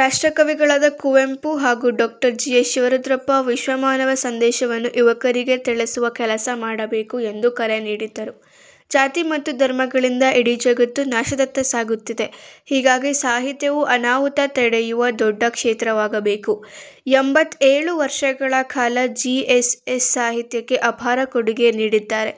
ರಾಷ್ಟ್ರಕವಿಗಳಾದ ಕುವೆಂಪು ಹಾಗೂ ಡಾ. G. S. Shivarudrappa ವಿಶ್ವಮಾನವ ಸಂದೇಶವನ್ನು ಯುವಕರಿಗೆ ತಿಳಿಸುವ ಕೆಲಸ ಮಾಡಬೇಕು ಎಂದು ಕರೆ ನೀಡಿದರು. ಜಾತಿ ಮತ್ತು ಧರ್ಮಗಳಿಂದ ಇಡೀ ಜಗತ್ತು ನಾಶದತ್ತ ಸಾಗುತ್ತಿದೆ. ಹೀಗಾಗಿ ಸಾಹಿತ್ಯವು ಅನಾಹುತ ತಡೆಯುವ ದೊಡ್ಡ ಕ್ಷೇತ್ರವಾಗಬೇಕು. ಎಂಬತ್ತೇಳು ವರ್ಷಗಳ ಕಾಲ ಜಿಎಸ್ಎಸ್ ಸಾಹಿತ್ಯಕ್ಕೆ ಅಪಾರ ಕೊಡುಗೆ ನೀಡಿದ್ದಾರೆ.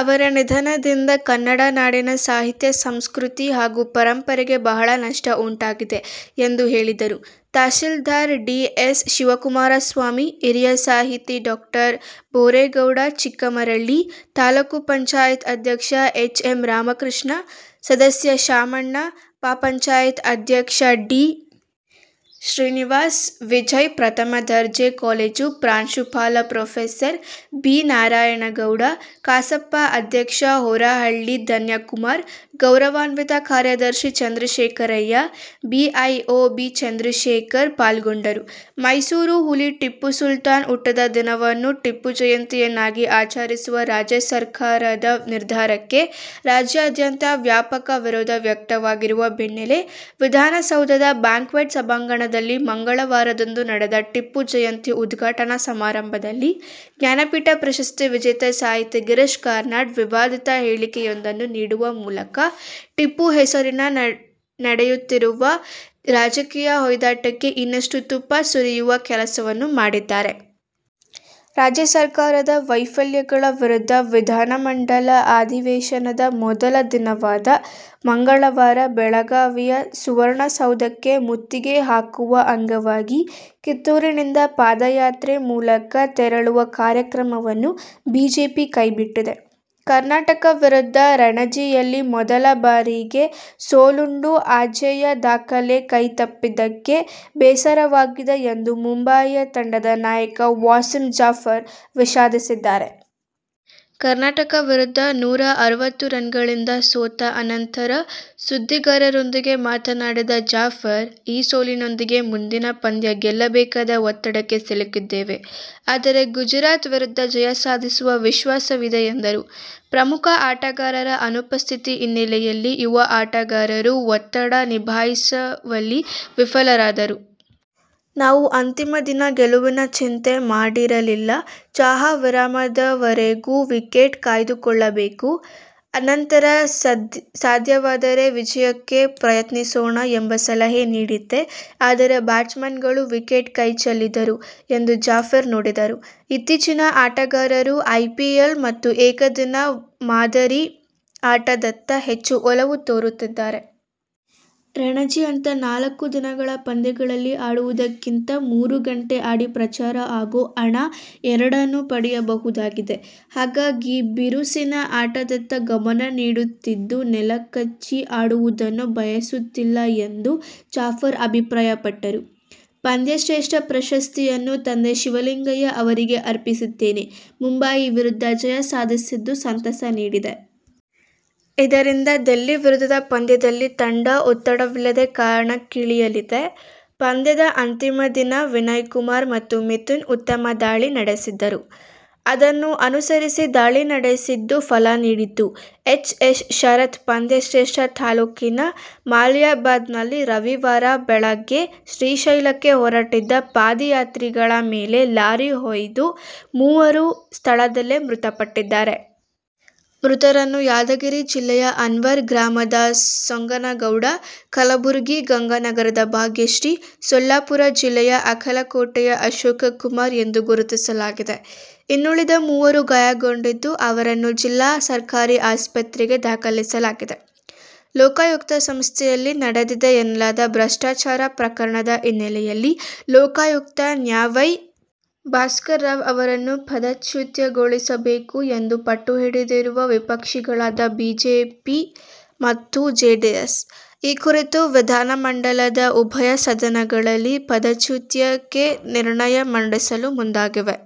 ಅವರ ನಿಧನದಿಂದ ಕನ್ನಡ ನಾಡಿನ ಸಾಹಿತ್ಯ, ಸಂಸ್ಕೃತಿ ಹಾಗೂ ಪರಂಪರೆಗೆ ಬಹಳ ನಷ್ಟ ಉಂಟಾಗಿದೆ ಎಂದು ಹೇಳಿದರು. ತಹಶೀಲ್ದಾರ್ ಡಿ. ಎಸ್. ಶಿವಕುಮಾರಸ್ವಾಮಿ, ಹಿರಿಯ ಸಾಹಿತಿ ಡಾ. ಬೋರೇಗೌಡ ಚಿಕ್ಕಮರಳಿ, ತಾ. ಪಂ ಅಧ್ಯಕ್ಷ ಎಚ್. ಎಂ. ರಾಮಕೃಷ್ಣ, ಸದಸ್ಯ ಶಾಮಣ್ಣ, ಪ. ಪಂ ಅಧ್ಯಕ್ಷ ಡಿ. ಶ್ರೀನಿವಾಸ್, ವಿಜಯ ಪ್ರಥಮ ದರ್ಜೆ ಕಾಲೇಜು ಪ್ರಾಂಶುಪಾಲ ಪ್ರೊಫೆಸರ್. ಬಿ. ನಾರಾಯಣಗೌಡ, ಕಸಾಪ ಅಧ್ಯಕ್ಷ ಹಾರೋಹಳ್ಳಿ ಧನ್ಯಕುಮಾರ್, ಗೌ. ಕಾರ್ಯದರ್ಶಿ ಚಂದ್ರಶೇಖರಯ್ಯ, ಬಿಇಒ ಬಿ. ಚಂದ್ರಶೇಖರ್ ಪಾಲ್ಗೊಂಡರು. ಮೈಸೂರು ಹುಲಿ ಟಿಪ್ಪೂ ಸುಲ್ತಾನ್ ಹುಟ್ಟಿದ ದಿನವನ್ನು ಟಿಪ್ಪು ಜಯಂತಿಯನ್ನಾಗಿ ಆಚರಿಸುವ ರಾಜ್ಯ ಸರಕಾರದ ನಿರ್ಧಾರಕ್ಕೆ ರಾಜ್ಯಾದ್ಯಂತ ವ್ಯಾಪಕ ವಿರೋಧ ವ್ಯಕ್ತವಾಗಿರುವ ಬೆನ್ನಲ್ಲೇ, ವಿಧಾನ ಸೌಧದ ಬ್ಯಾಂಕ್ವೆಟ್ ಸಭಾಂಗಣದಲ್ಲಿ ಮಂಗಳವಾರದಂದು ನಡೆದ ಟಿಪ್ಪು ಜಯಂತಿ ಉದ್ಘಾಟನಾ ಸಮಾರಂಭದಲ್ಲಿ ಜ್ಞಾನಪೀಠ ಪ್ರಶಸ್ತಿ ವಿಜೇತ ಸಾಹಿತಿ ಗಿರೀಶ್ ಕಾರ್ನಾಡ್ ವಿವಾದಿತ ಹೇಳಿಕೆಯೊಂದನ್ನು ನೀಡುವ ಮೂಲಕ ಟಿಪ್ಪು ಹೆಸರಿನಲ್ಲಿ ನಡೆಯುತ್ತಿರುವ ರಾಜಕೀಯ ಹೊಯ್ದಾಟಕ್ಕೆ ಇನ್ನಷ್ಟು ತುಪ್ಪ ಸುರಿಯುವ ಕೆಲಸವನ್ನು ಮಾಡಿದ್ದಾರೆ. ರಾಜ್ಯ ಸರ್ಕಾರದ ವೈಫಲ್ಯಗಳ ವಿರುದ್ಧ ವಿಧಾನಮಂಡಲ ಅಧಿವೇಶನದ ಮೊದಲ ದಿನವಾದ ಮಂಗಳವಾರ ಬೆಳಗಾವಿಯ ಸುವರ್ಣಸೌಧಕ್ಕೆ ಮುತ್ತಿಗೆ ಹಾಕುವ ಅಂಗವಾಗಿ ಕಿತ್ತೂರಿನಿಂದ ಪಾದಯಾತ್ರೆ ಮೂಲಕ ತೆರಳುವ ಕಾರ್ಯಕ್ರಮವನ್ನು ಬಿಜೆಪಿ ಕೈಬಿಟ್ಟಿದೆ. ಕರ್ನಾಟಕ ವಿರುದ್ಧ ರಣಜಿಯಲ್ಲಿ ಮೊದಲ ಬಾರಿಗೆ ಸೋಲುಂಡು ಅಜೇಯ ದಾಖಲೆ ಕೈ ತಪ್ಪಿದ್ದಕ್ಕೆ ಬೇಸರವಾಗಿದೆ ಎಂದು ಮುಂಬಯಿ ತಂಡದ ನಾಯಕ ವಾಸಿಂ ಜಾಫರ್ ವಿಷಾದಿಸಿದ್ದಾರೆ. ಕರ್ನಾಟಕ ವಿರುದ್ಧ ನೂರಾ ಅರವತ್ತು ರನ್ಗಳಿಂದ ಸೋತ ಅನಂತರ ಸುದ್ದಿಗಾರರೊಂದಿಗೆ ಮಾತನಾಡಿದ ಜಾಫರ್, ಈ ಸೋಲಿನೊಂದಿಗೆ ಮುಂದಿನ ಪಂದ್ಯ ಗೆಲ್ಲಬೇಕಾದ ಒತ್ತಡಕ್ಕೆ ಸಿಲುಕಿದ್ದೇವೆ. ಆದರೆ ಗುಜರಾತ್ ವಿರುದ್ಧ ಜಯ ಸಾಧಿಸುವ ವಿಶ್ವಾಸವಿದೆ ಎಂದರು. ಪ್ರಮುಖ ಆಟಗಾರರ ಅನುಪಸ್ಥಿತಿ ಹಿನ್ನೆಲೆಯಲ್ಲಿ ಯುವ ಆಟಗಾರರು ಒತ್ತಡ ನಿಭಾಯಿಸುವಲ್ಲಿ ವಿಫಲರಾದರು. ನಾವು ಅಂತಿಮ ದಿನ ಗೆಲುವಿನ ಚಿಂತೆ ಮಾಡಿರಲಿಲ್ಲ. ಚಹಾ ವಿರಾಮದವರೆಗೂ ವಿಕೆಟ್ ಕಾಯ್ದುಕೊಳ್ಳಬೇಕು. ಅನಂತರ ಸಾಧ್ಯವಾದರೆ ಜಯಕ್ಕೆ ಪ್ರಯತ್ನಿಸೋಣ ಎಂಬ ಸಲಹೆ ನೀಡಿದ್ದೆ. ಆದರೆ ಬ್ಯಾಟ್ಸ್ಮನ್ಗಳು ವಿಕೆಟ್ ಕೈ ಚೆಲ್ಲಿದರು ಎಂದು ಜಾಫರ್ ನುಡಿದರು. ಇತ್ತೀಚಿನ ಆಟಗಾರರು ಐಪಿಎಲ್ ಮತ್ತು ಏಕದಿನ ಮಾದರಿ ಆಟದತ್ತ ಹೆಚ್ಚು ಒಲವು ತೋರುತ್ತಿದ್ದಾರೆ. ರಣಜಿಯಂಥ ನಾಲ್ಕು ದಿನಗಳ ಪಂದ್ಯಗಳಲ್ಲಿ ಆಡುವುದಕ್ಕಿಂತ ಮೂರು ಗಂಟೆ ಆಡಿ ಪ್ರಚಾರ ಹಾಗೂ ಹಣ ಎರಡನ್ನೂ ಪಡೆಯಬಹುದಾಗಿದೆ. ಹಾಗಾಗಿ ಬಿರುಸಿನ ಆಟದತ್ತ ಗಮನ ನೀಡುತ್ತಿದ್ದು ನೆಲಕಚ್ಚಿ ಆಡುವುದನ್ನು ಬಯಸುತ್ತಿಲ್ಲ ಎಂದು ಜಾಫರ್ ಅಭಿಪ್ರಾಯಪಟ್ಟರು. ಪಂದ್ಯಶ್ರೇಷ್ಠ ಪ್ರಶಸ್ತಿಯನ್ನು ತಂದೆ ಶಿವಲಿಂಗಯ್ಯ ಅವರಿಗೆ ಅರ್ಪಿಸುತ್ತೇನೆ. ಮುಂಬಯಿ ವಿರುದ್ಧ ಜಯ ಸಾಧಿಸಿದ್ದು ಸಂತಸ ನೀಡಿದೆ. ಇದರಿಂದ ದಿಲ್ಲಿ ವಿರುದ್ಧದ ಪಂದ್ಯದಲ್ಲಿ ತಂಡ ಒತ್ತಡವಿಲ್ಲದೇ ಕಣಕ್ಕಿಳಿಯಲಿದೆ. ಪಂದ್ಯದ ಅಂತಿಮ ದಿನ ವಿನಯ್ಕುಮಾರ್ ಮತ್ತು ಮಿಥುನ್ ಉತ್ತಮ ದಾಳಿ ನಡೆಸಿದ್ದರು. ಅದನ್ನು ಅನುಸರಿಸಿ ದಾಳಿ ನಡೆಸಿದ್ದು ಫಲ ನೀಡಿತು. ಎಚ್. ಎಸ್. ಶರತ್, ಪಂದ್ಯಶ್ರೇಷ್ಠ ತಾಲೂಕಿನ ಮಲಿಯಾಬಾದ್ನಲ್ಲಿ ರವಿವಾರ ಬೆಳಗ್ಗೆ ಶ್ರೀಶೈಲಕ್ಕೆ ಹೊರಟಿದ್ದ ಪಾದಯಾತ್ರಿಗಳ ಮೇಲೆ ಲಾರಿ ಹಾಯ್ದು ಮೂವರು ಸ್ಥಳದಲ್ಲೇ ಮೃತಪಟ್ಟಿದ್ದಾರೆ. ಮೃತರನ್ನು ಯಾದಗಿರಿ ಜಿಲ್ಲೆಯ ಅನ್ವರ್ ಗ್ರಾಮದ ಸಂಗನಗೌಡ, ಕಲಬುರಗಿ ಗಂಗಾನಗರದ ಭಾಗ್ಯಶ್ರೀ, ಸೊಲ್ಲಾಪುರ ಜಿಲ್ಲೆಯ ಅಕ್ಕಲ ಕೋಟೆಯ ಅಶೋಕಕುಮಾರ ಎಂದು ಗುರುತಿಸಲಾಗಿದೆ. ಇನ್ನುಳಿದ ಮೂವರು ಗಾಯಗೊಂಡಿದ್ದು, ಅವರನ್ನು ಜಿಲ್ಲಾ ಸರಕಾರಿ ಆಸ್ಪತ್ರೆಗೆ ದಾಖಲಿಸಲಾಗಿದೆ. ಲೋಕಾಯುಕ್ತ ಸಂಸ್ಥೆಯಲ್ಲಿ ನಡೆದಿದೆ ಎನ್ನಲಾದ ಭ್ರಷ್ಟಾಚಾರ ಪ್ರಕರಣದ ಹಿನ್ನೆಲೆಯಲ್ಲಿ ಲೋಕಾಯುಕ್ತ ನ್ಯಾ ವೈ. ಭಾಸ್ಕರ ರಾವ್ ಅವರನ್ನು ಪದಚ್ಯುತಗೊಳಿಸಬೇಕು ಎಂದು ಪಟ್ಟುಹಿಡಿದಿರುವ ವಿಪಕ್ಷಗಳಾದ ಬಿಜೆಪಿ ಮತ್ತು ಜೆಡಿಎಸ್, ಈ ಕುರಿತು ವಿಧಾನ ಮಂಡಲದ ಉಭಯ ಸದನಗಳಲ್ಲಿ ಪದಚ್ಯುತಿಗೆ ನಿರ್ಣಯ ಮಂಡಿಸಲು ಮುಂದಾಗಿವೆ.